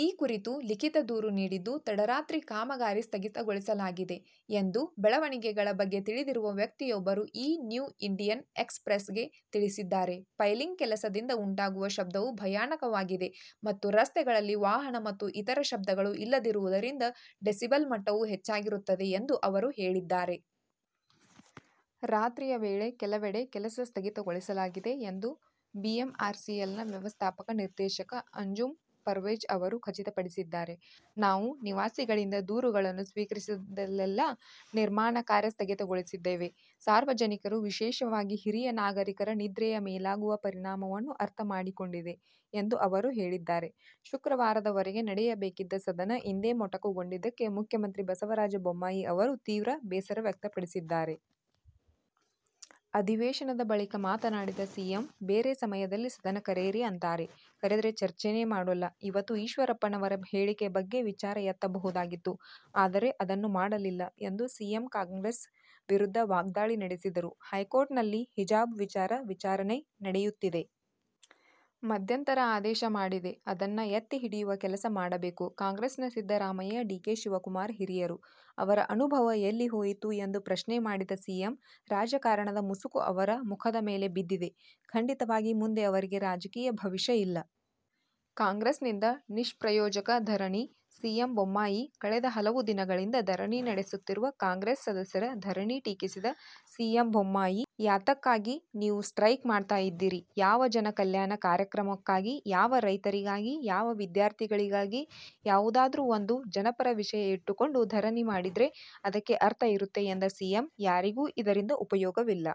ಈ ಕುರಿತು ಲಿಖಿತ ದೂರು ನೀಡಿದ್ದು, ತಡರಾತ್ರಿ ಕಾಮಗಾರಿ ಸ್ಥಗಿತಗೊಳಿಸಲಾಗಿದೆ ಎಂದು ಬೆಳವಣಿಗೆಗಳ ಬಗ್ಗೆ ತಿಳಿದಿರುವ ವ್ಯಕ್ತಿಯೊಬ್ಬರು ಈ ನ್ಯೂ ಇಂಡಿಯನ್ ಎಕ್ಸ್ ಪ್ರೆಸ್ ಗೆ ತಿಳಿಸಿದ್ದಾರೆ. ಪೈಲಿಂಗ್ ಕೆಲಸದಿಂದ ಉಂಟಾಗುವ ಶಬ್ದವು ಭಯಾನಕವಾಗಿದೆ ಮತ್ತು ರಸ್ತೆಗಳಲ್ಲಿ ವಾಹನ ಮತ್ತು ಇತರ ಶಬ್ದಗಳು ಇಲ್ಲದಿರುವುದರಿಂದ ಡೆಸಿಬಲ್ ಮಟ್ಟವು ಹೆಚ್ಚಾಗಿರುತ್ತದೆ, "ಎಂದು ಅವರು ಹೇಳಿದ್ದಾರೆ. ರಾತ್ರಿಯ ವೇಳೆ ಕೆಲವೆಡೆ ಕೆಲಸ ಸ್ಥಗಿತಗೊಳಿಸಲಾಗಿದೆ ಎಂದು ಬಿಎಂಆರ್ಸಿಎಲ್ನ ವ್ಯವಸ್ಥಾಪಕ ನಿರ್ದೇಶಕ ಅಂಜುಮ್ ಪರ್ವೇಜ್ ಅವರು ಖಚಿತಪಡಿಸಿದ್ದಾರೆ. "ನಾವು ನಿವಾಸಿಗಳಿಂದ ದೂರುಗಳನ್ನು ಸ್ವೀಕರಿಸಿದಲ್ಲೆಲ್ಲಾ ನಿರ್ಮಾಣ ಕಾರ್ಯ ಸ್ಥಗಿತಗೊಳಿಸಿದ್ದೇವೆ. ಸಾರ್ವಜನಿಕರು, ವಿಶೇಷವಾಗಿ ಹಿರಿಯ ನಾಗರಿಕರ ನಿದ್ರೆಯ ಮೇಲಾಗುವ ಪರಿಣಾಮವನ್ನು ಅರ್ಥಮಾಡಿಕೊಂಡಿದೆ" ಎಂದು ಅವರು ಹೇಳಿದ್ದಾರೆ. ಶುಕ್ರವಾರದ ವರೆಗೆ ನಡೆಯಬೇಕಿದ್ದ ಸದನ ಇಂದೇ ಮೊಟಕುಗೊಂಡಿದ್ದಕ್ಕೆ ಮುಖ್ಯಮಂತ್ರಿ ಬಸವರಾಜ ಬೊಮ್ಮಾಯಿ ಅವರು ತೀವ್ರ ಬೇಸರ ವ್ಯಕ್ತಪಡಿಸಿದ್ದಾರೆ. ಅಧಿವೇಶನದ ಬಳಿಕ ಮಾತನಾಡಿದ ಸಿಎಂ, ಬೇರೆ ಸಮಯದಲ್ಲಿ ಸದನ ಕರೆಯಿರಿ ಅಂತಾರೆ, ಕರೆದ್ರೆ ಚರ್ಚೆನೇ ಮಾಡೊಲ್ಲ. ಇವತ್ತು ಈಶ್ವರಪ್ಪನವರ ಹೇಳಿಕೆ ಬಗ್ಗೆ ವಿಚಾರ ಎತ್ತಬಹುದಾಗಿತ್ತು. ಆದರೆ ಅದನ್ನು ಮಾಡಲಿಲ್ಲ ಎಂದು ಸಿಎಂ ಕಾಂಗ್ರೆಸ್ ವಿರುದ್ಧ ವಾಗ್ದಾಳಿ ನಡೆಸಿದರು. ಹೈಕೋರ್ಟ್ ನಲ್ಲಿ ಹಿಜಾಬ್ ವಿಚಾರ ವಿಚಾರಣೆ ನಡೆಯುತ್ತಿದೆ. ಮಧ್ಯಂತರ ಆದೇಶ ಮಾಡಿದೆ ಅದನ್ನ ಎತ್ತಿ ಹಿಡಿಯುವ ಕೆಲಸ ಮಾಡಬೇಕು. ಕಾಂಗ್ರೆಸ್ನ ಸಿದ್ದರಾಮಯ್ಯ, ಡಿಕೆ ಶಿವಕುಮಾರ್ ಹಿರಿಯರು. ಅವರ ಅನುಭವ ಎಲ್ಲಿ ಹೊಯಿತು ಎಂದು ಪ್ರಶ್ನೆ ಮಾಡಿದ ಸಿಎಂ, ರಾಜಕಾರಣದ ಮುಸುಕು ಅವರ ಮುಖದ ಮೇಲೆ ಬಿದ್ದಿದೆ. ಖಂಡಿತವಾಗಿ ಮುಂದೆ ಅವರಿಗೆ ರಾಜಕೀಯ ಭವಿಷ್ಯ ಇಲ್ಲ. ಕಾಂಗ್ರೆಸ್ನಿಂದ ನಿಷ್ಪ್ರಯೋಜಕ ಧರಣಿ – ಸಿಎಂ ಬೊಮ್ಮಾಯಿ ಕಳೆದ ಹಲವು ದಿನಗಳಿಂದ ಧರಣಿ ನಡೆಸುತ್ತಿರುವ ಕಾಂಗ್ರೆಸ್ ಸದಸ್ಯರ ಧರಣಿ ಟೀಕಿಸಿದ ಸಿಎಂ ಬೊಮ್ಮಾಯಿ, ಯಾತಕ್ಕಾಗಿ ನೀವು ಸ್ಟ್ರೈಕ್ ಮಾಡ್ತಾ ಇದ್ದೀರಿ? ಯಾವ ಜನ ಕಲ್ಯಾಣ ಕಾರ್ಯಕ್ರಮಕ್ಕಾಗಿ.. ಯಾವ ರೈತರಿಗಾಗಿ, ಯಾವ ವಿದ್ಯಾರ್ಥಿಗಳಿಗಾಗಿ.. ಯಾವುದಾದ್ರೂ ಒಂದು ಜನಪರ ವಿಷಯ ಇಟ್ಟುಕೊಂಡು ಧರಣಿ ಮಾಡಿದ್ರೆ ಅದಕ್ಕೆ ಅರ್ಥ ಇರುತ್ತೆ ಎಂದ ಸಿಎಂ, ಯಾರಿಗೂ ಇದರಿಂದ ಉಪಯೋಗವಿಲ್ಲ.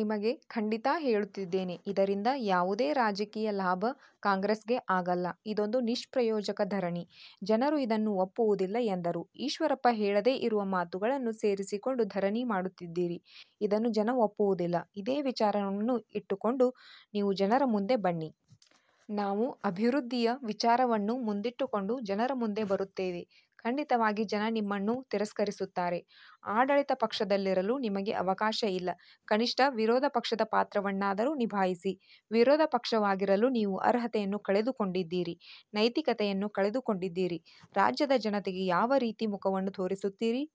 ನಿಮಗೆ ಖಂಡಿತಾ ಹೇಳುತ್ತಿದ್ದೇನೆ ಇದರಿಂದ ಯಾವುದೇ ರಾಜಕೀಯ ಲಾಭ ಕಾಂಗ್ರೆಸ್ ಗೆ ಆಗಲ್ಲ. ಇದೊಂದು ನಿಷ್ಪ್ರಯೋಜಕ ಧರಣಿ. ಜನರು ಇದನ್ನು ಒಪ್ಪುವುದಿಲ್ಲ ಎಂದರು. ಈಶ್ವರಪ್ಪ ಹೇಳದೇ ಇರುವ ಮಾತುಗಳನ್ನು ಸೇರಿಸಿಕೊಂಡು ಧರಣಿ ಮಾಡುತ್ತಿದ್ದೀರಿ? ಇದನ್ನು ಜನ ಒಪ್ಪುವುದಿಲ್ಲ. ಇದೇ ವಿಚಾರವನ್ನು ಇಟ್ಟುಕೊಂಡು ನೀವು ಜನರ ಮುಂದೆ ಬನ್ನಿ.. ನಾವು ಅಭಿವೃದ್ಧಿಯ ವಿಚಾರವನ್ನು ಮುಂದಿಟ್ಟುಕೊಂಡು ಜನರ ಮುಂದೆ ಬರುತ್ತೇವೆ. ಖಂಡಿತವಾಗಿ ಜನ ನಿಮ್ಮನ್ನು ತಿರಸ್ಕರಿಸುತ್ತಾರೆ. ಆಡಳಿತ ಪಕ್ಷದಲ್ಲಿರಲು ನಿಮಗೆ ಅವಕಾಶ ಇಲ್ಲ. ಕನಿಷ್ಠ ವಿರೋಧ ಪಕ್ಷದ ಪಾತ್ರವನ್ನಾದ್ರೂ ನಿಭಾಯಿಸಿ. ವಿರೋಧ ಪಕ್ಷವಾಗಿರಲು ನೀವು ಅರ್ಹತೆಯನ್ನು ಕಳೆದುಕೊಂಡಿದ್ದೀರಿ. ನೈತಿಕತೆಯನ್ನು ಕಳೆದುಕೊಂಡಿದ್ದೀರಿ. ರಾಜ್ಯದ ಜನತೆಗೆ ಯಾವ ರೀತಿ ಮುಖವನ್ನು ತೋರಿಸುತ್ತೀರಿ.